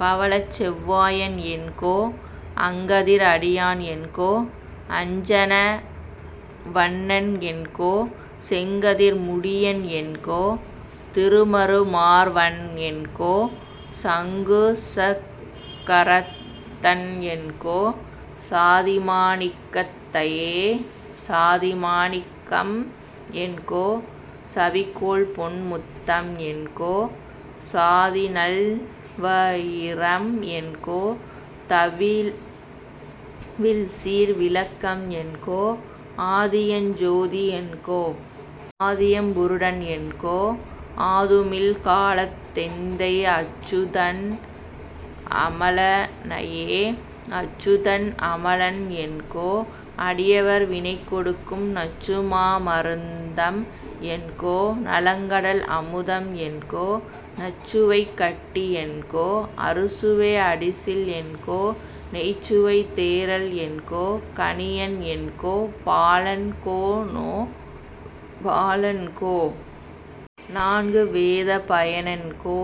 பவளச்செவ் வாயன் என்கோ, அங்கதிர் அடியன் என்கோ. அஞ்சன வண்ணன் என்கோ, செங்கதிர் முடியன் என்கோ. திருமறு மார்வன் என்கோ, சங்குசக் கரத்தன் என்கோ. சாதிமா ணிக்கத் தையே.. சாதிமா ணிக்கம் என்கோ. சவிகோள்பொன் முத்தம் என்கோ, சாதிநல் வயிரம் என்கோ, தவிவில்சீர் விளக்கம் என்கோ, ஆதியஞ் சோதி என்கோ. ஆதியம் புருடன் என்கோ, ஆதுமில் காலத் தெந்தை அச்சுதன் அமல னையே.. அச்சுதன் அமலன் என்கோ, அடியவர் வினைகெடுக்கும், நச்சுமா மருந்தம் என்கோ. நலங்கடல் அமுதம் என்கோ, அச்சுவைக் கட்டி என்கோ. அறுசுவை அடிசில் என்கோ, நெய்ச்சுவைத் தேறல் என்கோ. கனியென்கோ. பாலென் கேனோ.. பாலென்கோ. நான்கு வேதப் பயனென்கோ,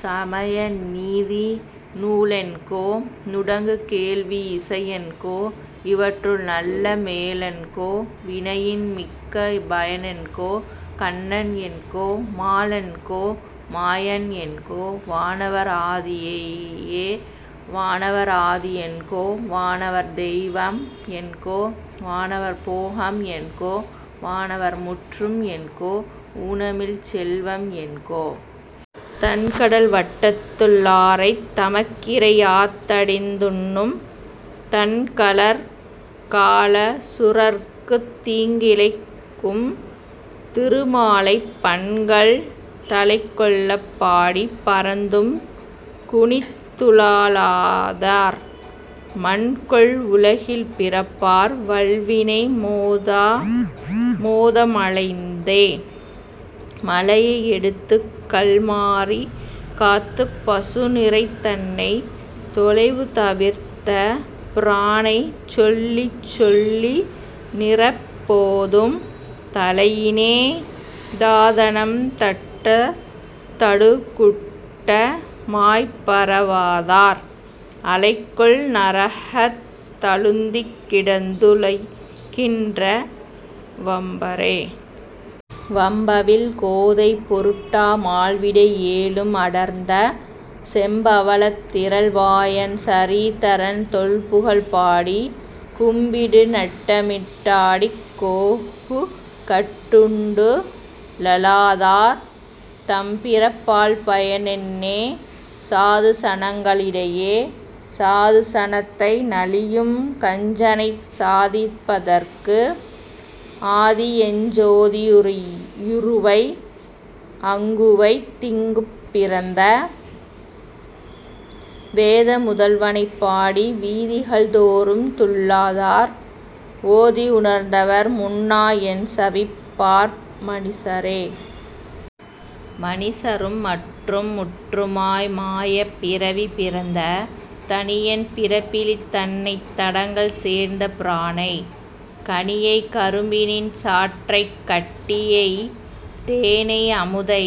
சமய நீதி நூலென்கோ. நுடங்கு கேள்வி இசையென்கோ. இவற்றுள் நல்ல மேலென்கோ, வினையின் மிக்க பயனென்கோ, கண்ணன் என்கோ. மாலென்கோ. மாயன் என்கோ வானவர் ஆதி யையே.. வானவர் ஆதி என்கோ. வானவர் தெய்வம் என்கோ, வானவர் போகம் என்கோ. வானவர் முற்றும் என்கோ, ஊனமில் செல்வம் என்கோ. தண்கடல் வட்டத்துள் ளாரைத் தமக்கிரை யாத்தடிந் துண்ணும், திண்கழற் காலசு ரர்க்குத் தீங்கிழைக் கும்திரு மாலை, பண்கள் தலைக்கொள்ளப் பாடிப் பறந்தும் குனித்துழ லாதார், மண்கொள் உலகில் பிறப்பார் வல்வினை மோத மலைந்தே.. மலையை யெடுத்துக்கல் மாரி காத்துப் பசுநிரை தன்னை, தொலைவு தவிர்த்த பிரானைச் சொல்லிச்சொல் லிநிறெப் போதும், தலையினோ டாதனம் தட்டத் தடுகுட்ட மாய்ப்பற வாதார், அலைகொள் நரகத் தழுந்திக் கிடந்துழைக் கின்ற வம்பரே.. வம்பவிழ் கோதை பொருட்டா மால்விடை யேழும் அடர்த்த, செம்பவ ளத்திரள் வாயன் சிரீதரன் தொல்புகழ் பாடி, கும்பிடு நட்டமிட் டாடிக் கோகுகட் டுண்டுழ லாதார், தம்பிறப் பால்பய னென்னே சாது சனங்க ளிடையே?. சாது சனத்தை நலியும் கஞ்சனைச் சாதிப்ப தற்கு, ஆதியஞ் சோதி யுருவை அங்குவைத் திங்குப் பிறந்த, வேத முதல்வனைப் பாடி வீதிகள் தோறும்துள் ளாதார், ஓதி யுணர்ந்தவர் முன்னா என்சவிப் பார்ம னிசரே?. மனிசரும் மற்றும் முற்றுமாய் மாயப் பிறவி பிறந்த, தனியன் பிறப்பிலி தன்னைத் தடங்கடல் சேர்ந்த பிரானை, கனியைக் கரும்பினின் சாற்றைக் கட்டியைத் தேனை அமுதை,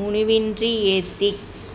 முனிவின்றி ஏத்திக்